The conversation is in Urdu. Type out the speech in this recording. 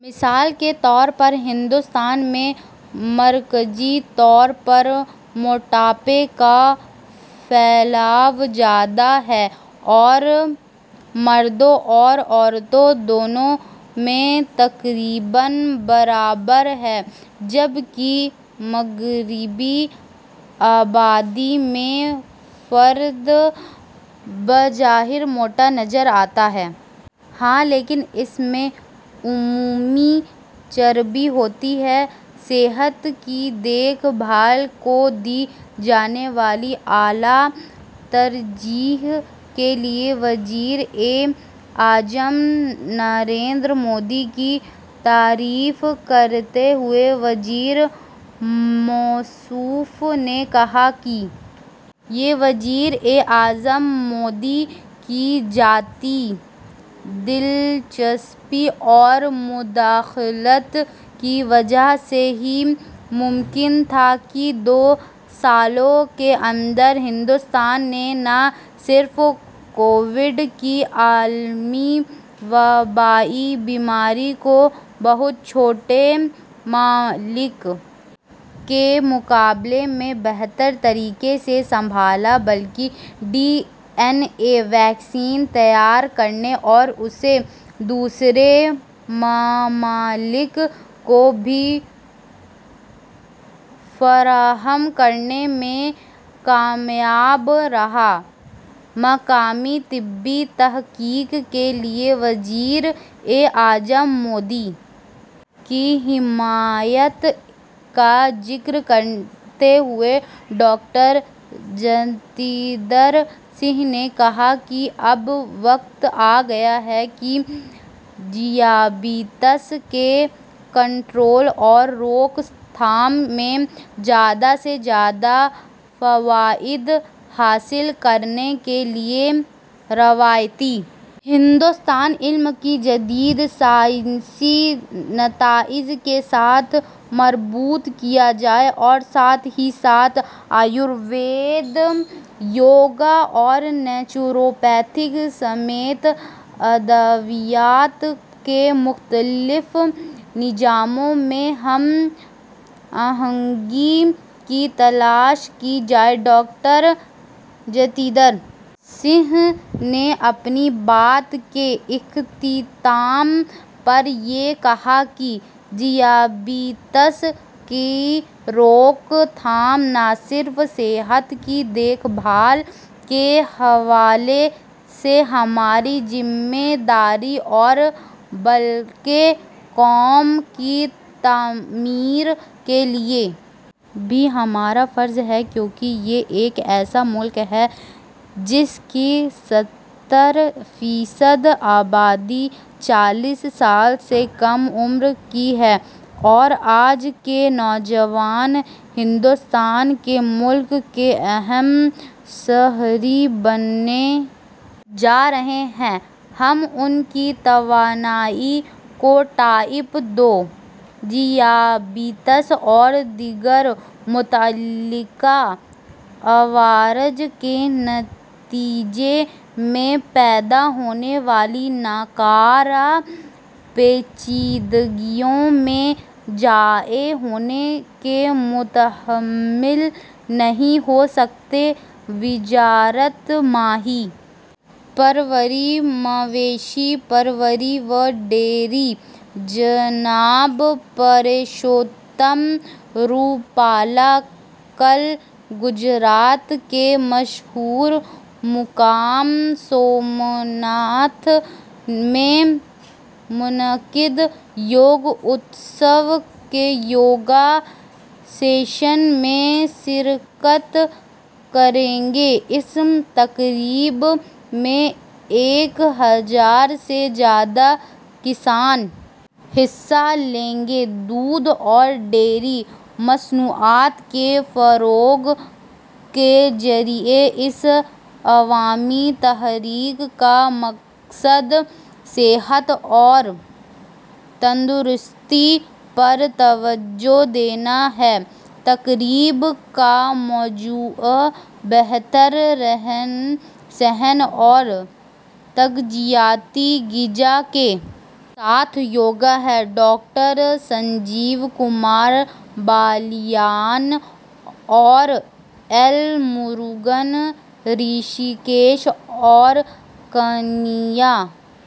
مثال کے طور پر ہندوستان میں مرکزی طور پر موٹاپے کا پھیلاؤ زیادہ ہے اور مردوں اور عورتوں دونوں میں تقریباً برابر ہے جب کہ مغربی آبادی میں فرد بظاہر موٹا نظر آتا ہے لیکن اس میں عمومی چربی ہوتی ہے صحت کی دیکھ بھال کو دی جانے والی اعلی ترجیح کے لیے وزیر اعظم نریندر مودی کی تعریف کرتے ہوئے وزیر موصوف نے کہا کہ یہ وزیر اعظم مودی کی ذاتی دلچسپی اور مداخلت کی وجہ سے ہی ممکن تھا کہ دو سالوں کے اندر ہندوستان نے نہ صرف کووڈ کی عالمی وبائی بیماری کو بہت چھوٹے ممالک کے مقابلے میں بہتر طریقے سے سنبھالا بلکہ ڈی این اے ویکسین تیار کرنے اور اسے دوسرے ممالک کو بھی فراہم کرنے میں کامیاب رہا مقامی طبی تحقیق کے لیے وزیر اعظم مودی کی حمایت کا ذکر کرتے ہوئے ڈاکٹر جتیندر سنگھ نے کہا کہ اب وقت آگیا ہے کہ ذیابیطس کے کنٹرول اور روک تھام میں زیادہ سے زیادہ فوائد حاصل کرنے کے لیے روایتی ہندوستانی علم کو جدید سائنسی نتائج کے ساتھ مربوط کیا جائے اور ساتھ ہی ساتھ آیوروید یوگا اور نیچروپیتھی سمیت ادویات کے مختلف نظاموں میں ہم آہنگی کی تلاش کی جائے ڈاکٹر جتیندر سنگھ نے اپنی بات کے اختتام پر یہ کہا کہ ذیابیطس کی روک تھام نہ صرف صحت کی دیکھ بھال کے حوالے سے ہماری ذمہ داری ہے بلکہ قوم کی تعمیر کے لیے بھی ہمارا فرض ہے کیونکہ یہ ایک ایسا ملک ہے جس کی ستر فیصد آبادی چالیس سال سے کم عمر کی ہے اور آج کے نوجوان ہندوستان کے ملک کے اہم شہری بننے جا رہے ہیں ہم ان کی توانائی کو ٹائپ دو ذیابیطس اور دیگر متعلقہ عوارض کے نتیجے میں پیدا ہونے والی ناکارہ پیچیدگیوں میں ضائع ہونے کے متحمل نہیں ہو سکتے وزارت ماہی پروری مویشی پروری و ڈیری جناب پرشوتم روپالا کل گجرات کے مشہور مقام سومناتھ میں منعقد یوگ اتسو کے یوگا سیشن میں شرکت کریں گے اس تقریب میں ایک ہزار سے زیادہ کسان حصہ لیں گے دودھ اور ڈیری مصنوعات کے فروغ کے ذریعے اس عوامی تحریک کا مقصد صحت اور تندرستی پر توجہ دینا ہے تقریب کا موضوع بہتر رہن سہن اور تغذیاتی غذا کے ساتھ یوگا ہے ڈاکٹر سنجیو کمار بالیان اور ایل موروگن رشی کیش اور کنیا